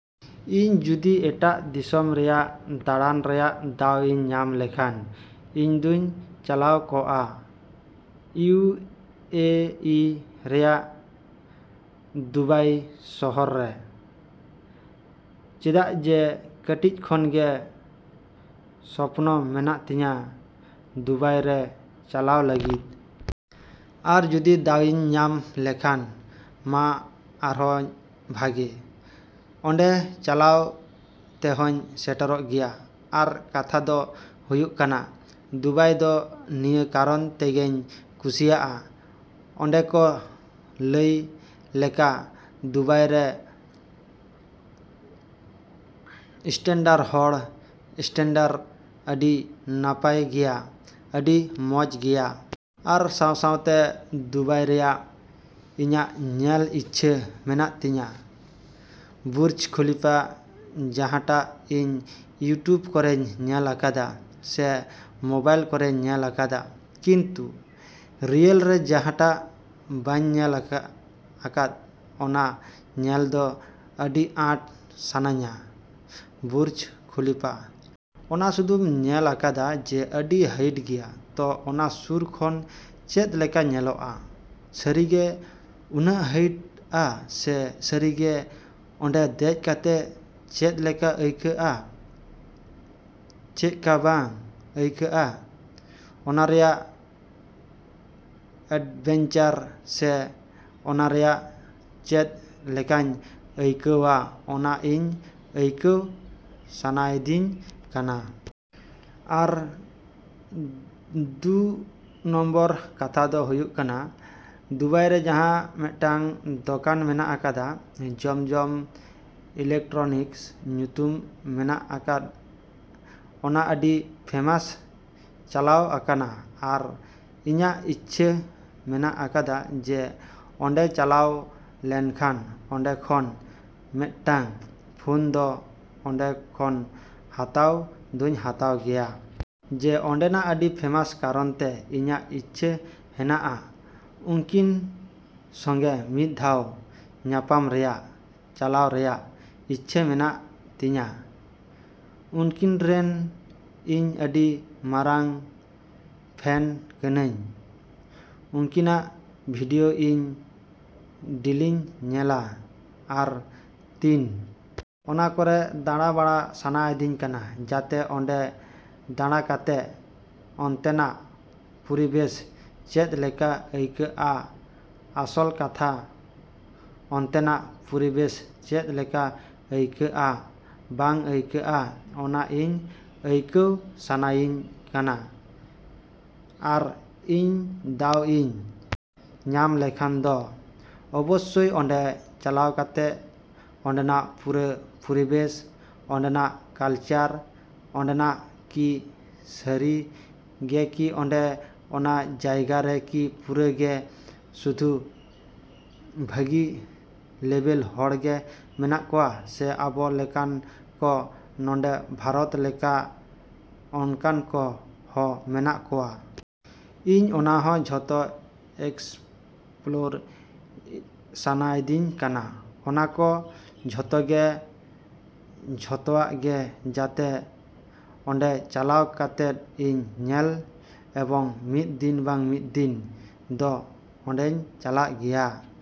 ᱤᱧ ᱡᱩᱫᱤ ᱮᱴᱟᱜ ᱫᱤᱥᱚᱢ ᱨᱮᱭᱟᱜ ᱫᱟᱲᱟᱱ ᱨᱮᱭᱟᱜ ᱫᱟᱣ ᱤᱧ ᱧᱟᱢ ᱞᱮᱠᱷᱟᱱ, ᱤᱧ ᱫᱚᱧ ᱪᱟᱞᱟᱣ ᱠᱚᱜᱼᱟ ᱤᱭᱩ. ᱮ. ᱤ. ᱨᱮᱭᱟᱜ ᱫᱩᱵᱟᱭ ᱥᱚᱦᱚᱨ ᱨᱮ᱾ ᱪᱮᱫᱟᱜ ᱡᱮ ᱠᱟᱹᱴᱤᱡ ᱠᱷᱚᱱ ᱜᱮ ᱥᱚᱯᱱᱚ ᱢᱮᱱᱟᱜ ᱛᱤᱧᱟ ᱫᱩᱵᱟᱭ ᱨᱮ ᱪᱟᱞᱟᱜ ᱞᱟᱹᱜᱤᱫ᱾ ᱟᱨ ᱡᱩᱫᱤ ᱫᱟᱣ ᱤᱧ ᱧᱟᱢ ᱞᱮᱠᱷᱟᱱ ᱢᱟ ᱟᱨᱦᱚᱸ ᱵᱷᱟᱜᱮ᱾ ᱚᱸᱰᱮ ᱪᱟᱞᱟᱣ ᱛᱮᱦᱚᱧ ᱥᱮᱴᱮᱨᱚᱜ ᱜᱮᱭᱟ᱾ ᱟᱨ ᱠᱟᱛᱷᱟ ᱫᱚ ᱦᱩᱭᱩᱜ ᱠᱟᱱᱟ ᱫᱩᱵᱟᱭ ᱫᱚ ᱱᱤᱭᱟᱹ ᱠᱟᱨᱚᱱ ᱛᱮᱜᱮᱧ ᱠᱩᱥᱤᱭᱟᱜᱼᱟ, ᱚᱱᱮ ᱠᱚ ᱞᱟᱹᱭ ᱞᱮᱠᱟ ᱫᱩᱵᱟᱭ ᱨᱮ ᱥᱴᱟᱱᱰᱟᱨᱰ ᱦᱚᱲ ᱥᱴᱟᱱᱰᱟᱨᱰ ᱟᱹᱰᱤ ᱱᱟᱯᱟᱭ ᱜᱮᱭᱟ, ᱟᱹᱰᱤ ᱢᱚᱡᱽ ᱜᱮᱭᱟ᱾ ᱟᱨ ᱥᱟᱶ ᱥᱟᱶᱛᱮ ᱫᱩᱵᱟᱭ ᱨᱮᱭᱟᱜ ᱤᱧᱟᱜ ᱧᱮᱞ ᱤᱪᱪᱷᱟ ᱢᱮᱱᱟᱜ ᱛᱤᱧᱟ ᱵᱩᱨᱡᱽ ᱠᱷᱚᱞᱤᱯᱷᱟ, ᱡᱟᱦᱟᱸᱴᱟᱜ ᱤᱧ ᱤᱭᱩᱴᱩᱵᱽ ᱠᱚᱨᱮᱧ ᱧᱮᱞ ᱟᱠᱟᱫᱟ ᱥᱮ ᱢᱚᱵᱟᱭᱤᱞ ᱠᱚᱨᱮᱧ ᱧᱮᱞ ᱟᱠᱟᱫᱟ, ᱠᱤᱱᱛᱩ ᱨᱤᱭᱮᱞ ᱨᱮ ᱡᱟᱦᱟᱸᱴᱟᱜ ᱵᱟᱹᱧ ᱧᱮᱞ ᱟᱠᱟᱫ, ᱚᱱᱟ ᱧᱮᱞ ᱫᱚ ᱟᱹᱰᱤ ᱟᱸᱴ ᱥᱟᱱᱟᱧᱟ ᱵᱩᱨᱡᱽ ᱠᱷᱚᱞᱤᱯᱷᱟ᱾ ᱚᱱᱟ ᱥᱩᱫᱩᱧ ᱧᱮᱞ ᱟᱠᱟᱫᱟ ᱡᱮ ᱟᱹᱰᱤ ᱦᱟᱭᱤᱴ ᱜᱮᱭᱟ, ᱛᱚ ᱚᱱᱟ ᱥᱩᱨ ᱠᱷᱚᱱ ᱪᱮᱫ ᱞᱮᱠᱟ ᱧᱮᱞᱚᱜᱼᱟ, ᱥᱟᱹᱨᱤ ᱜᱮ ᱩᱱᱟᱹᱜ ᱦᱟᱭᱤᱴᱼᱟ ᱥᱮ ᱥᱟᱹᱨᱤ ᱜᱮ ᱚᱸᱰᱮ ᱫᱮᱡ ᱠᱟᱛᱮᱫ ᱪᱮᱫ ᱞᱮᱠᱟ ᱟᱹᱭᱠᱟᱹᱜᱼᱟ, ᱪᱮᱫ ᱠᱟ ᱵᱟᱝ ᱟᱹᱭᱠᱟᱹᱜᱼᱟ, ᱚᱱᱟ ᱨᱮᱭᱟᱜ ᱮᱰᱵᱷᱮᱧᱪᱟᱨ ᱥᱮ ᱚᱱᱟ ᱨᱮᱭᱟᱜ ᱪᱮᱫ ᱞᱮᱠᱟ ᱟᱹᱭᱠᱟᱹᱜᱼᱟ ᱚᱱᱟ ᱤᱧ ᱟᱹᱭᱠᱟᱹᱣ ᱥᱟᱱᱟᱭᱤᱫᱤᱧ ᱠᱟᱱᱟ᱾ ᱟᱨ ᱫᱩ ᱱᱚᱢᱵᱚᱨ ᱠᱟᱛᱷᱟ ᱫᱚ ᱦᱩᱭᱩᱜ ᱠᱟᱱᱟ ᱫᱩᱵᱟᱭ ᱨᱮ ᱡᱟᱦᱟᱸᱴᱟᱜ ᱢᱤᱫᱴᱟᱹᱝ ᱫᱚᱠᱟᱱ ᱢᱮᱱᱟᱜ ᱟᱠᱟᱫᱟ ᱡᱚᱢ ᱡᱚᱢ ᱤᱞᱮᱠᱴᱨᱚᱱᱤᱠᱥ ᱧᱩᱛᱩᱢ ᱢᱮᱱᱟᱜ ᱟᱠᱟᱫ, ᱚᱱᱟ ᱟᱹᱰᱤ ᱯᱷᱮᱢᱟᱥ ᱪᱟᱞᱟᱣ ᱟᱠᱟᱱᱟ ᱟᱨ ᱤᱧᱟᱜ ᱤᱪᱪᱷᱟ ᱢᱮᱱᱟᱜ ᱟᱠᱟᱫᱟ ᱡᱮ ᱚᱸᱰᱮᱧ ᱪᱟᱞᱟᱣ ᱞᱮᱱᱠᱷᱟᱱ ᱚᱸᱰᱮ ᱠᱷᱚᱱ ᱢᱤᱫᱴᱟᱹᱡ ᱯᱷᱳᱱ ᱫᱚ ᱚᱸᱰᱮ ᱠᱷᱚᱱ ᱦᱟᱛᱟᱣ ᱫᱚᱧ ᱦᱟᱛᱟᱣ ᱜᱮᱭᱟ᱾ ᱡᱮ ᱚᱸᱰᱮᱱᱟᱜ ᱟᱹᱰᱤ ᱯᱷᱮᱢᱟᱥ ᱠᱟᱨᱚᱱᱛᱮ, ᱤᱧᱟᱜ ᱤᱪᱪᱷᱟ ᱦᱮᱱᱟᱜᱼᱟ ᱩᱱᱠᱤᱱ ᱥᱚᱸᱜᱮ ᱢᱤᱫ ᱫᱷᱟᱣ ᱧᱟᱯᱟᱢ ᱨᱮᱭᱟᱜ, ᱪᱟᱞᱟᱣ ᱨᱮᱭᱟᱜ ᱤᱪᱪᱷᱟ ᱢᱮᱱᱟᱜ ᱛᱤᱧᱟ, ᱩᱱᱠᱤᱱ ᱨᱤᱱ ᱤᱧ ᱟᱹᱰᱤ ᱢᱟᱨᱟᱝ ᱯᱷᱮᱱ ᱠᱟᱹᱱᱟᱹᱧ᱾ ᱩᱱᱠᱤᱱᱟᱜ ᱵᱷᱤᱰᱭᱳ ᱤᱧ ᱫᱤᱞᱤᱧ ᱧᱮᱞᱟ᱾ ᱟᱨ ᱛᱤᱱ ᱚᱱᱟ ᱠᱚᱨᱮ ᱫᱟᱲᱟ ᱵᱟᱲᱟ ᱥᱟᱱᱟᱭᱤᱫᱤᱧ ᱠᱟᱱᱟ᱾ ᱡᱟᱛᱮ ᱚᱸᱰᱮ ᱫᱟᱲᱟ ᱠᱟᱛᱮᱜ ᱚᱱᱛᱮᱱᱟᱜ ᱯᱚᱨᱤᱵᱮᱥ ᱪᱮᱫ ᱞᱮᱠᱟ ᱟᱹᱭᱠᱟᱹᱜᱼᱟ, ᱟᱥᱚᱞ ᱠᱟᱛᱷᱟ ᱚᱱᱛᱮᱱᱟᱜ ᱯᱚᱨᱤᱵᱮᱥ ᱪᱮᱫ ᱞᱮᱠᱟ ᱟᱹᱭᱠᱟᱹᱜᱼᱟ ᱵᱟᱝ ᱟᱹᱭᱠᱟᱹᱜᱼᱟ, ᱚᱱᱟ ᱤᱧ ᱟᱹᱭᱠᱟᱹᱣ ᱥᱟᱱᱟᱭᱤᱫᱤᱧ ᱠᱟᱱᱟ, ᱟᱨ ᱤᱧ ᱫᱟᱣ ᱤᱧ ᱧᱟᱢ ᱞᱮᱠᱷᱟᱱ ᱫᱚ ᱚᱵᱚᱥᱥᱚᱭ ᱚᱸᱰᱮ ᱪᱟᱞᱟᱣ ᱠᱟᱛᱮᱫ ᱚᱸᱰᱮᱱᱟᱜ ᱯᱩᱨᱟᱹ ᱯᱚᱨᱤᱵᱮᱥ, ᱚᱸᱰᱮᱱᱟᱜ ᱠᱟᱞᱪᱟᱨ, ᱚᱸᱰᱮᱱᱟᱜ ᱠᱤ ᱥᱟᱹᱨᱤ ᱜᱮ ᱠᱤ ᱚᱸᱰᱮ ᱚᱱᱟ ᱡᱟᱭᱜᱟ ᱨᱮ ᱠᱤ ᱯᱩᱨᱟᱹ ᱜᱮ ᱥᱩᱫᱩ ᱵᱷᱟᱹᱜᱤ ᱞᱮᱵᱮᱞ ᱦᱚᱲ ᱜᱮ ᱢᱮᱱᱟᱜ ᱠᱚᱣᱟ, ᱥᱮ ᱟᱵᱚ ᱞᱮᱠᱟᱱ ᱠᱚ ᱱᱚᱰᱮ ᱵᱷᱟᱨᱚᱛ ᱞᱮᱠᱟ ᱚᱱᱠᱟᱱ ᱠᱚ ᱦᱚᱸ ᱢᱮᱱᱟᱜ ᱠᱚᱣᱟ᱾ ᱤᱧ ᱚᱱᱟ ᱦᱚᱸ ᱡᱷᱚᱛᱚ ᱮᱠᱥᱯᱞᱳᱨ ᱥᱟᱱᱟᱭᱤᱫᱤᱧ ᱠᱟᱱᱟ, ᱚᱱᱟ ᱠᱚ ᱡᱷᱚᱛᱚ ᱜᱮ ᱡᱷᱚᱛᱚᱣᱟᱜ ᱜᱮ ᱡᱟᱛᱮ ᱚᱸᱰᱮ ᱪᱟᱞᱟᱣ ᱠᱟᱛᱮᱫ ᱤᱧ ᱧᱮᱞ ᱮᱵᱚᱝ ᱢᱤᱫ ᱫᱤᱱ ᱵᱟᱝ ᱢᱤᱫ ᱫᱤᱱ ᱫᱚ ᱚᱸᱰᱮᱧ ᱪᱟᱞᱟᱜ ᱜᱮᱭᱟ᱾।